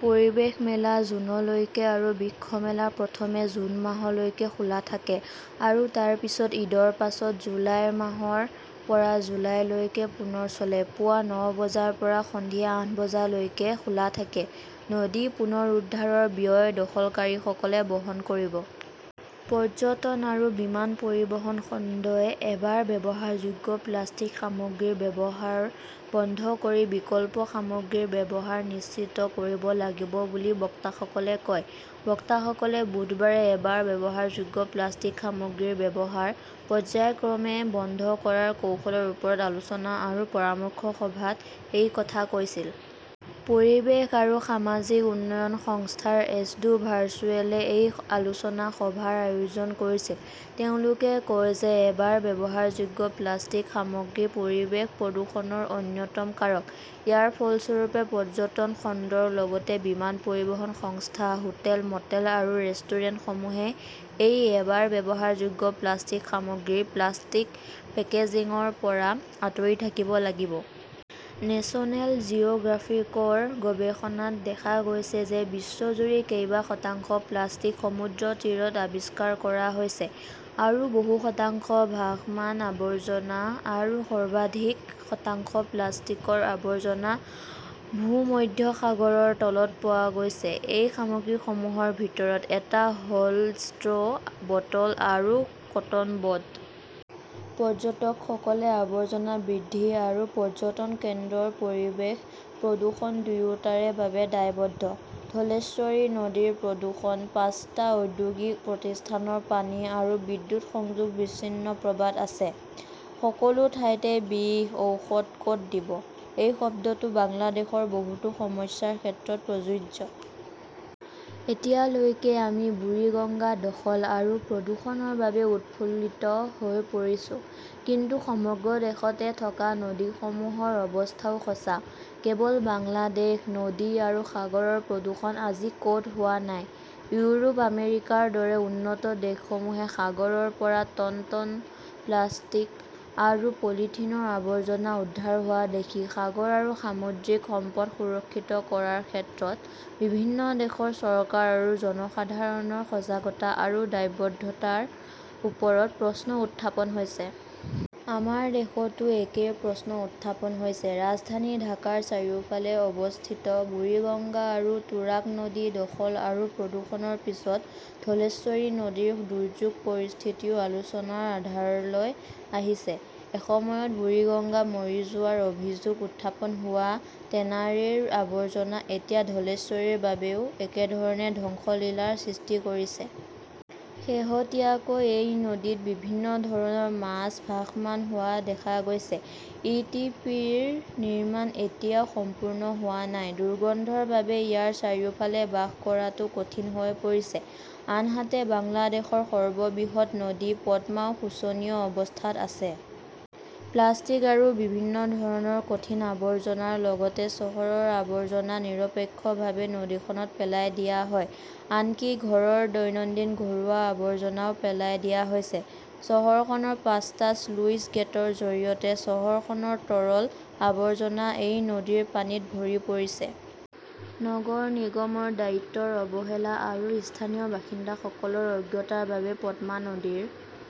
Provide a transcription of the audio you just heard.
পৰিৱেশ মেলা জুনলৈকে আৰু বৃক্ষ মেলা প্ৰথমে জুন মাহলৈকে খোলা থাকে আৰু তাৰ পিছত ঈদৰ পাছত জুলাই মাহৰ পৰা জুলাইলৈকে পুনৰ চলে। পুৱা ন বজাৰ পৰা সন্ধিয়া আঠ বজালৈকে খোলা থাকে। নদী পুনৰুদ্ধাৰৰ ব্যয় দখলকাৰীসকলে বহন কৰিব। পৰ্যটন আৰু বিমান পৰিবহণ খণ্ডই এবাৰ ব্যৱহাৰযোগ্য প্লাষ্টিক সামগ্ৰীৰ ব্যৱহাৰ বন্ধ কৰি বিকল্প সামগ্ৰীৰ ব্যৱহাৰ নিশ্চিত কৰিব লাগিব বুলি বক্তাসকলে কয়। বক্তাসকলে বুধবাৰে এবাৰ ব্যৱহাৰযোগ্য প্লাষ্টিক সামগ্ৰীৰ ব্যৱহাৰ, পৰ্য্যায়ক্ৰমে বন্ধ কৰাৰ কৌশলৰ ওপৰত আলোচনা আৰু পৰামৰ্শ সভাত এই কথা কৈছিল। পৰিৱেশ আৰু সামাজিক উন্নয়ন সংস্থাৰ এছডো ভাৰ্চুৱেলে এই আলোচনা সভাৰ আয়োজন কৰিছিল। তেওঁলোকে কয় যে এবাৰ ব্যৱহাৰযোগ্য প্লাষ্টিক সামগ্ৰী পৰিৱেশ প্ৰদূষণৰ অন্যতম কাৰক। ইয়াৰ ফলস্বৰূপে পৰ্যটন খণ্ডৰ লগতে বিমান পৰিবহণ সংস্থা, হোটেল, মটেল আৰু ৰেষ্টুৰেণ্টসমূহে এই এবাৰ ব্যৱহাৰযোগ্য প্লাষ্টিক সামগ্ৰী, প্লাষ্টিক পেকেজিংৰ পৰা আঁতৰি থাকিব লাগিব। নেচনেল জিঅ'গ্ৰাফিকৰ গৱেষণাত দেখা গৈছে যে বিশ্বজুৰি কেইবা শতাংশ প্লাষ্টিক সমুদ্ৰতীৰত আৱিষ্কাৰ কৰা হৈছে, আৰু বহু শতাংশ ভাসমান আৱৰ্জনা আৰু সৰ্বাধিক শতাংশ প্লাষ্টিকৰ আৱৰ্জনা ভূমধ্যসাগৰৰ তলত পোৱা গৈছে। এই সামগ্ৰীসমূহৰ ভিতৰত এটা হ'ল ষ্ট্ৰ', বটল আৰু কটন বড। পৰ্যটকসকলে আৱৰ্জনা বৃদ্ধি আৰু পৰ্যটন কেন্দ্ৰৰ পৰিৱেশ প্ৰদূষণ দুয়োটাৰে বাবে দায়বদ্ধ। ধলেশ্বৰী নদীৰ প্ৰদূষণঃ পাঁচটা ঔদ্যোগিক প্ৰতিষ্ঠানৰ পানী আৰু বিদ্যুৎ সংযোগ বিচ্ছিন্ন প্রবাদ আছে, "সকলো ঠাইতে বিষ, ঔষধ ক'ত দিব? "এই শব্দটো বাংলাদেশৰ বহুতো সমস্যাৰ ক্ষেত্ৰত প্ৰযোজ্য। এতিয়ালৈকে আমি বুৰিগঙ্গা দখল আৰু প্ৰদূষণৰ বাবে উৎফুল্লিত হৈ পৰিছো। কিন্তু সমগ্ৰ দেশতে থকা নদীসমূহৰ অৱস্থাও সঁচা। কেৱল বাংলাদেশ, নদী আৰু সাগৰৰ প্ৰদূষণ আজি ক'ত হোৱা নাই? ইউৰোপ, আমেৰিকাৰ দৰে উন্নত দেশসমূহে সাগৰৰ পৰা টন টন প্লাষ্টিক আৰু পলিথিনৰ আৱৰ্জনা উদ্ধাৰ হোৱা দেখি সাগৰ আৰু সামুদ্ৰিক সম্পদ সুৰক্ষিত কৰাৰ ক্ষেত্ৰত বিভিন্ন দেশৰ চৰকাৰ আৰু জনসাধাৰণৰ সজাগতা আৰু দায়বদ্ধতাৰ ওপৰত প্ৰশ্ন উত্থাপন হৈছে। আমাৰ দেশতো একেই প্ৰশ্ন উত্থাপন হৈছে। ৰাজধানী ঢাকাৰ চাৰিওফালে অৱস্থিত বুৰিগঙ্গা আৰু তুৰাগ নদী দখল আৰু প্ৰদূষণৰ পিছত ধলেশ্বৰী নদীৰ দুৰ্যোগ পৰিস্থিতিও আলোচনাৰ আধাৰলৈ আহিছে। এসময়ত বুৰিগঙ্গা মৰি যোৱাৰ অভিযোগ উত্থাপন হোৱা টেনাৰীৰ আৱৰ্জনা এতিয়া ধলেশ্বৰীৰ বাবেও একেধৰণে ধ্বংসলীলাৰ সৃষ্টি কৰিছে। শেহতীয়াকৈ এই নদীত বিভিন্ন ধৰণৰ মাছ ভাসমান হোৱা দেখা গৈছে। ই. টি. পি. ৰ নিৰ্মাণ এতিয়াও সম্পূৰ্ণ হোৱা নাই, দুৰ্গন্ধৰ বাবে ইয়াৰ চাৰিওফালে বাস কৰাটো কঠিন হৈ পৰিছে। আনহাতে, বাংলাদেশৰ সৰ্ববৃহৎ নদী পদ্মাও শোচনীয় অৱস্থাত আছে। প্লাষ্টিক আৰু বিভিন্ন ধৰণৰ কঠিন আৱৰ্জনাৰ লগতে চহৰৰ আৱৰ্জনা নিৰপেক্ষভাৱে নদীখনত পেলাই দিয়া হয়। আনকি ঘৰৰ দৈনন্দিন ঘৰুৱা আৱৰ্জনাও পেলাই দিয়া হৈছে। চহৰখনৰ পাঁচটা শ্লুইচ গেটৰ জৰিয়তে চহৰখনৰ তৰল আৱৰ্জনা এই নদীৰ পানীত ভৰি পৰিছে। নগৰ নিগমৰ দায়িত্বৰ অৱহেলা আৰু স্থানীয় বাসিন্দাসকলৰ অজ্ঞতাৰ বাবে পদ্মা নদীৰ